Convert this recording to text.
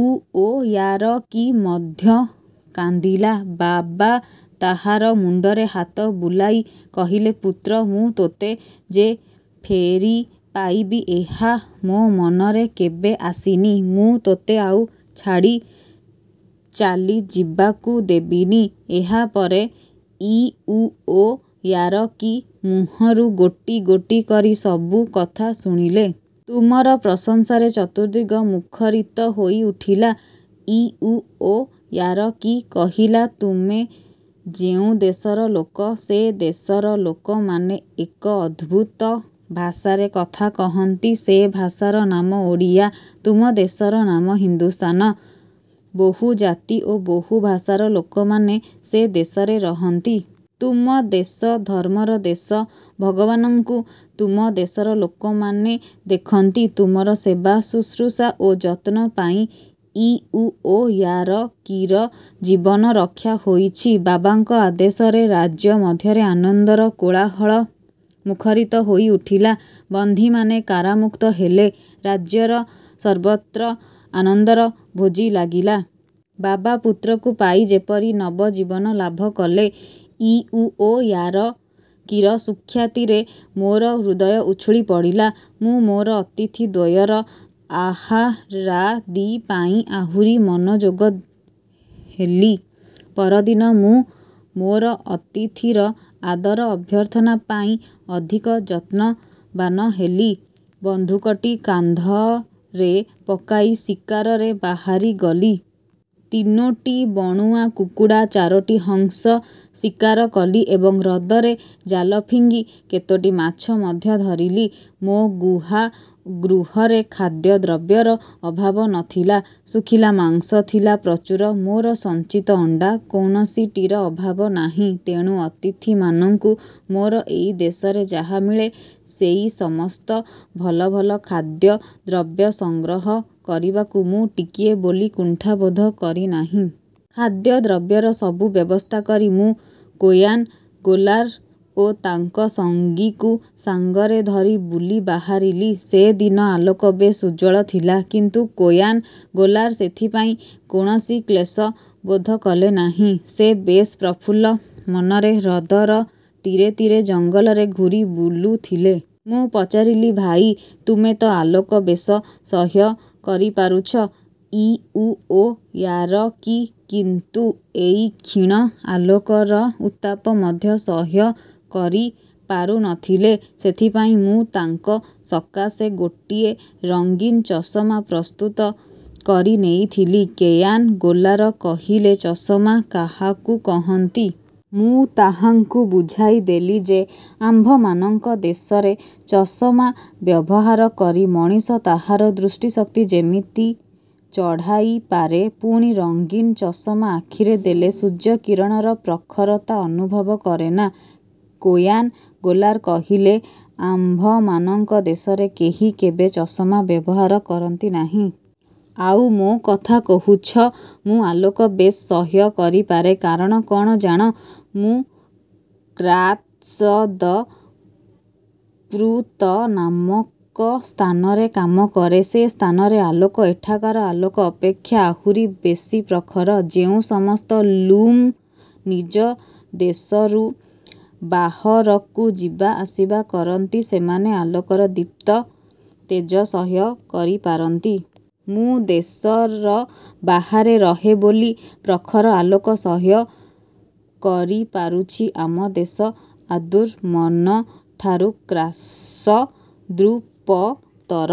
ଇଉଓୟାରକି ମଧ୍ୟ କାନ୍ଦିଲା। ବାବା ତାହାର ମୁଣ୍ଡରେ ହାତ ବୁଲାଇ କହିଲେ, ପୁତ୍ର, ମୁଁ ତୋତେ ଯେ ଫେରିପାଇବି, ଏହା ମୋ ମନରେ କେବେ। ଆସିନି। ମୁଁ ତୋତେ ଆଉ ଛାଡ଼ି ଚାଲିଯିବାକୁ ଦେବିନି। ଏହାପରେ ଇଉଓୟାରକି ମୁହଁରୁ ଗୋଟି ଗୋଟି କରି ସବୁ କଥା ଶୁଣିଲେ। ତୁମର ପ୍ରଶଂସାରେ ଚତୁର୍ଦ୍ଦିଗ ମୁଖରିତ ହୋଇଉଠିଲା। ଇଉଓୟାରକି କହିଲା, ତୁମେ ଯେଉଁ ଦେଶର ଲୋକ, ସେ ଦେଶର ଲୋକମାନେ ଏକ ଅଦ୍ଭୁତ ଭାଷାରେ କଥା କହନ୍ତି, ସେ ଭାଷାର ନାମ ଓଡ଼ିଆ। ତୁମ ଦେଶର ନାମ ହିନ୍ଦୁସ୍ଥାନ। ବହୁ ଜାତି ଓ ବହୁ ଭାଷାର ଲୋକମାନେ ସେ ଦେଶରେ ରହନ୍ତି। ତୁମ ଦେଶ ଧର୍ମର ଦେଶ, ଭଗବାନଙ୍କୁ ତୁମ ଦେଶର ଲୋକମାନେ ଦେଖନ୍ତି। ତୁମର ସେବା ଶୁଶ୍ରୂଷା ଓ ଯତ୍ନପାଇଁ ଇଉଓୟାରକିର ଜୀବନ ରକ୍ଷା ହୋଇଛି। ବାବାଙ୍କ ଆଦେଶରେ ରାଜ୍ୟ ମଧ୍ୟରେ ଆନନ୍ଦର କୋଳାହଳ ମୁଖରିତ ହୋଇଉଠିଲା। ବନ୍ଦୀମାନେ କାରାମୁକ୍ତ ହେଲେ। ରାଜ୍ୟର ସର୍ବତ୍ର ଆନନ୍ଦର ଭୋଜି ଲାଗିଲା। ବାବା ପୁତ୍ରକୁ ପାଇ ଯେପରି ନବଜୀବନ ଲାଭ କଲେ। ଇଉଓୟାରକିର ସୁଖ୍ୟାତିରେ ମୋର ହୃଦୟ ଉଛୁଳି ପଡ଼ିଲା। ମୁଁ ମୋର ଅତିଥି ଦ୍ୱୟର ଆହାରାଦିପାଇଁ ଆହୁରି ମନୋଯୋଗୀ ହେଲି। ପରଦିନ ମୁଁ ମୋର ଅତିଥିର ଆଦର ଅଭ୍ୟର୍ଥନାପାଇଁ ଅଧିକ ଯତ୍ନବାନ ହେଲି। ବନ୍ଧୁକଟି କାନ୍ଧରେ ପକାଇ ଶିକାରରେ ବାହାରିଗଲି। ତିନୋଟି ବଣୁଆ କୁକୁଡ଼ା, ଚାରୋଟି ହଂସ ଶିକାର କଲି ଏବଂ ହ୍ରଦରେ ଜାଲ ଫିଙ୍ଗି କେତୋଟି ମାଛ ମଧ୍ୟ ଧରିଲି। ମୋ ଗୁହା-ଗୃହରେ ଖାଦ୍ୟଦ୍ରବ୍ୟର ଅଭାବ ନ ଥିଲା। ଶୁଖିଲା ମାଂସ ଥିଲା ପ୍ରଚୁର, ମୋର ସଞ୍ଚିତ ଅଣ୍ଡା-କୌଣସିଟିର ଅଭାବ ନାହିଁ। ତେଣୁ ଅତିଥିମାନଙ୍କୁ ମୋର ଏଇ ଦେଶରେ ଯାହା ମିଳେ, ସେଇ ସମସ୍ତ ଭଲ ଭଲ ଖାଦ୍ୟଦ୍ରବ୍ୟ ସଂଗ୍ରହ କରିବାକୁ ମୁଁ ଟିକିଏ ବୋଲି କୁଣ୍ଠାବୋଧ କରିନାହିଁ। ଖାଦ୍ୟଦ୍ରବ୍ୟର ସବୁ ବ୍ୟବସ୍ଥା କରି ମୁଁ କୋୟାନ ଗୋଲାର ଓ ତାଙ୍କ ସଙ୍ଗୀକୁ ସାଙ୍ଗରେ ଧରି ବୁଲି ବାହାରିଲି। ସେଦିନ ଆଲୋକ ବେଶ୍ ଉଜ୍ଜ୍ୱଳ ଥିଲା, କିନ୍ତୁ କୋୟାନ ଗୋଲାର ସେଥିପାଇଁ କୌଣସି କ୍ଳେଶ ବୋଧ କଲେ ନାହିଁ। ସେ ବେଶ୍ ପ୍ରଫୁଲ୍ଲ ମନରେ ହ୍ରଦର ତୀରେ ତୀରେ ଜଙ୍ଗଲରେ ଘୂରି ବୁଲୁଥିଲେ। ମୁଁ ପଚାରିଲି ଭାଇ, ତୁମେ ତ ଆଲୋକ ବେଶ ସହ୍ୟ କରିପାରୁଛ। ଇଉଓୟାରକି କିନ୍ତୁ ଏଇ କ୍ଷୀଣ ଆଲୋକର ଉତ୍ତାପ ମଧ୍ୟ ସହ୍ୟ କରିପାରୁନଥିଲେ। ସେଥିପାଇଁ ମୁଁ ତାଙ୍କ ସକାଶେ ଗୋଟିଏ ରଙ୍ଗୀନ ଚଷମା ପ୍ରସ୍ତୁତ କରି ନେଇଥିଲି। କୋୟାନ ଗୋଲାର କହିଲେ, ଚଷମା କାହାକୁ କହନ୍ତି? ମୁଁ ତାହାଙ୍କୁ ବୁଝାଇଦେଲି ଯେ, ଆମ୍ଭମାନଙ୍କ ଦେଶରେ ଚଷମା ବ୍ୟବହାର କରି ମଣିଷ ତାହାର ଦୃଷ୍ଟିଶକ୍ତି ଯେମିତି ଚଢ଼ାଇପାରେ, ପୁଣି ରଙ୍ଗୀନ ଚଷମା ଆଖିରେ ଦେଲେ ସୂର୍ଯ୍ୟ କିରଣର ପ୍ରଖରତା ଅନୁଭବ କରେନା। କୋୟାନ ଗୋଲାର କହିଲେ, ''ଆମ୍ଭମାନଙ୍କ ଦେଶରେ କେହି କେବେ ଚଷମା ବ୍ୟବହାର କରନ୍ତି ନାହିଁ। ଆଉ ମୋ କଥା କହୁଛ, ମୁଁ ଆଲୋକ ବେଶ୍ ସହ୍ୟ କରିପାରେ। କାରଣ କ'ଣ ଜାଣ? ମୁଁ କ୍ରାସ୍ଦୃପତ ନାମକ ସ୍ଥାନରେ କାମ କରେ। ସେ ସ୍ଥାନରେ ଆଲୋକ ଏଠାକାର ଆଲୋକ ଅପେକ୍ଷା ଆହୁରି ବେଶୀ ପ୍ରଖର। ଯେଉଁ ସମସ୍ତ ଲ୍ଲୁମ ନିଜ ଦେଶରୁ ବାହରକୁ ଯିବା ଆସିବା କରନ୍ତି ସେମାନେ ଆଲୋକର ଦୀପ୍ତ ତେଜ ସହ୍ୟ କରିପାରନ୍ତି। ମୁଁ ଦେଶର ବାହାରେ ରହେ ବୋଲି ପ୍ରଖର ଆଲୋକ ସହ୍ୟ କରିପାରୁଛି। ଆମ ଦେଶ ଆନ୍ଦୁର୍ମନଠାରୁ କ୍ରାସଦୃପତର